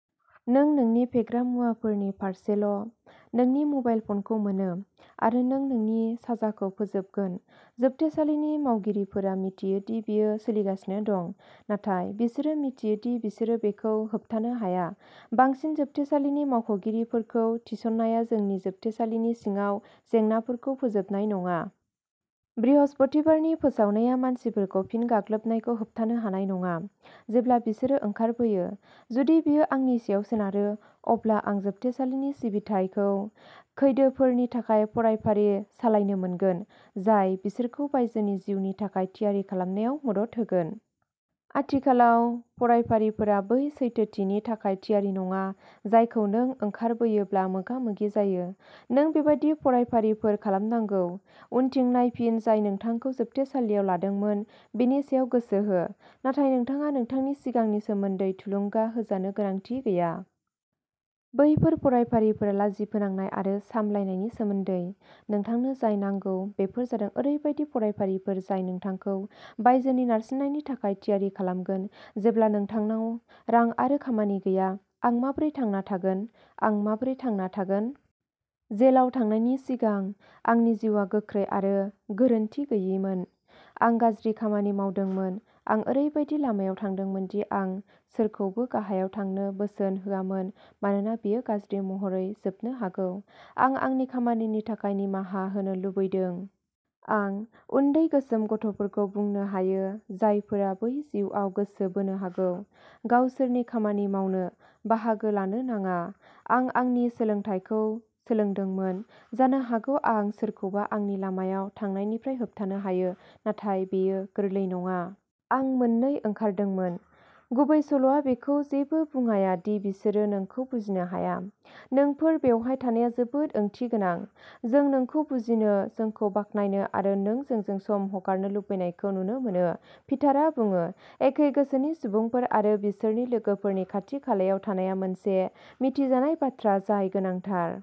नों नोंनि फेग्रा मुवाफोरनि पारसेल, नोंनि म'बाइल फ'नखौ मोनो, आरो नों नोंनि साजाखौ फोजोबगोन। जोबथेसालिनि मावगिरिफोरा मिथियो दि बेयो सोलिगासिनो दं, नाथाय बिसोरो मिथियो दि बिसोरो बेखौ होबथानो हाया। बांसिन जोबथेसालिनि मावख'गिरिफोरखौ थिसननाया जोंनि जोबथेसालिनि सिङाव जेंनाफोरखौ फोजोबनाय नङा। बृहस्पतिबारनि फोसावनाया मानसिफोरखौ फिन गाग्लोबनायखौ होबथानो हानाय नङा, जेब्ला बिसोरो ओंखारबोयो। जुदि बेयो आंनि सायाव सोनारो, अब्ला आं जोबथेसालिनि सिबिथाइखौ खैदीफोरनि थाखाय फरायफारि सालायनो मोनगोन, जाय बिसोरखौ बायजोनि जिउनि थाखाय थियारि खालामनायाव मदद होगोन। आथिखालाव, फरायफारिफोरा बै सैथोथिनि थाखाय थियारि नङा, जायखौ नों ओंखारबोयोब्ला मोगा-मोगि जायो। नों बेबादि फरायफारिफोर खालामनांगौ। उनथिं नायफिन, जाय नोंथांखौ जोबथेसालियाव लांदोंमोन बेनि सायाव गोसो हो। नाथाय नोंथाङा नोंथांनि सिगांनि सोमोन्दै थुलुंगा होजानो गोनांथि गैया। बैफोर फरायफारिफोरा लाजि फोनांनाय आरो सामलायनायनि सोमोन्दै। नोंथांनो जाय नांगौ बेफोर जादों ओरैबायदि फरायफारिफोर जाय नोंथांखौ बायजोनि नारसिननायनि थाखाय थियारि खालामगोन, जेब्ला नोंथांनाव रां आरो खामानि गैया। आं माबोरै थांना थागोन? आं माबोरै थांना थागोन? जेलाव थांनायनि सिगां, आंनि जिउआ गोख्रै आरो गोरोनथि गैयैमोन। आं गाज्रि खामानि मावदोंमोन। आं ओरैबायदि लामायाव थांदोंमोन दि आं सोरखौबो गाहायाव थांनो बोसोन होआमोन मानोना बेयो गाज्रि महरै जोबनो हागौ। आं आंनि खामानिनि थाखाय निमाहा होनो लुबैदों। आं उन्दै गोसोम गथ'फोरखौ बुंनो हायो, जायफोरा बै जिउआव गोसो बोनो हागौ, गावसोरनि खामानि मावनो, बाहागो लानो नाङा। आं आंनि सोलोंथायखौ सोलोंदोंमोन। जानो हागौ आं सोरखौबा आंनि लामायाव थांनायनिफ्राय होबथानो हायो। नाथाय बेयो गोरलै नङा। आं मोननै ओंखारदोंमोन। गुबैसल'आ बेखौ जेबो बुङाया दि'बिसोरो नोंखौ बुजिनो हाया'। "नोंफोर बेवहाय थानाया जोबोद ओंथि गोनां। जों नोंखौ बुजिनो, जोंखौ बाख्नायनो आरो नों जोंजों सम हगारनो लुबैनायखौ नुनो मोनो", पिटारआ बुङो। एखे गोसोनि सुबुंफोर आरो बिसोरनि लोगोफोरनि खाथि-खालायाव थानाया मोनसे मिथिजानाय बाथ्रा जाय गोनांथार।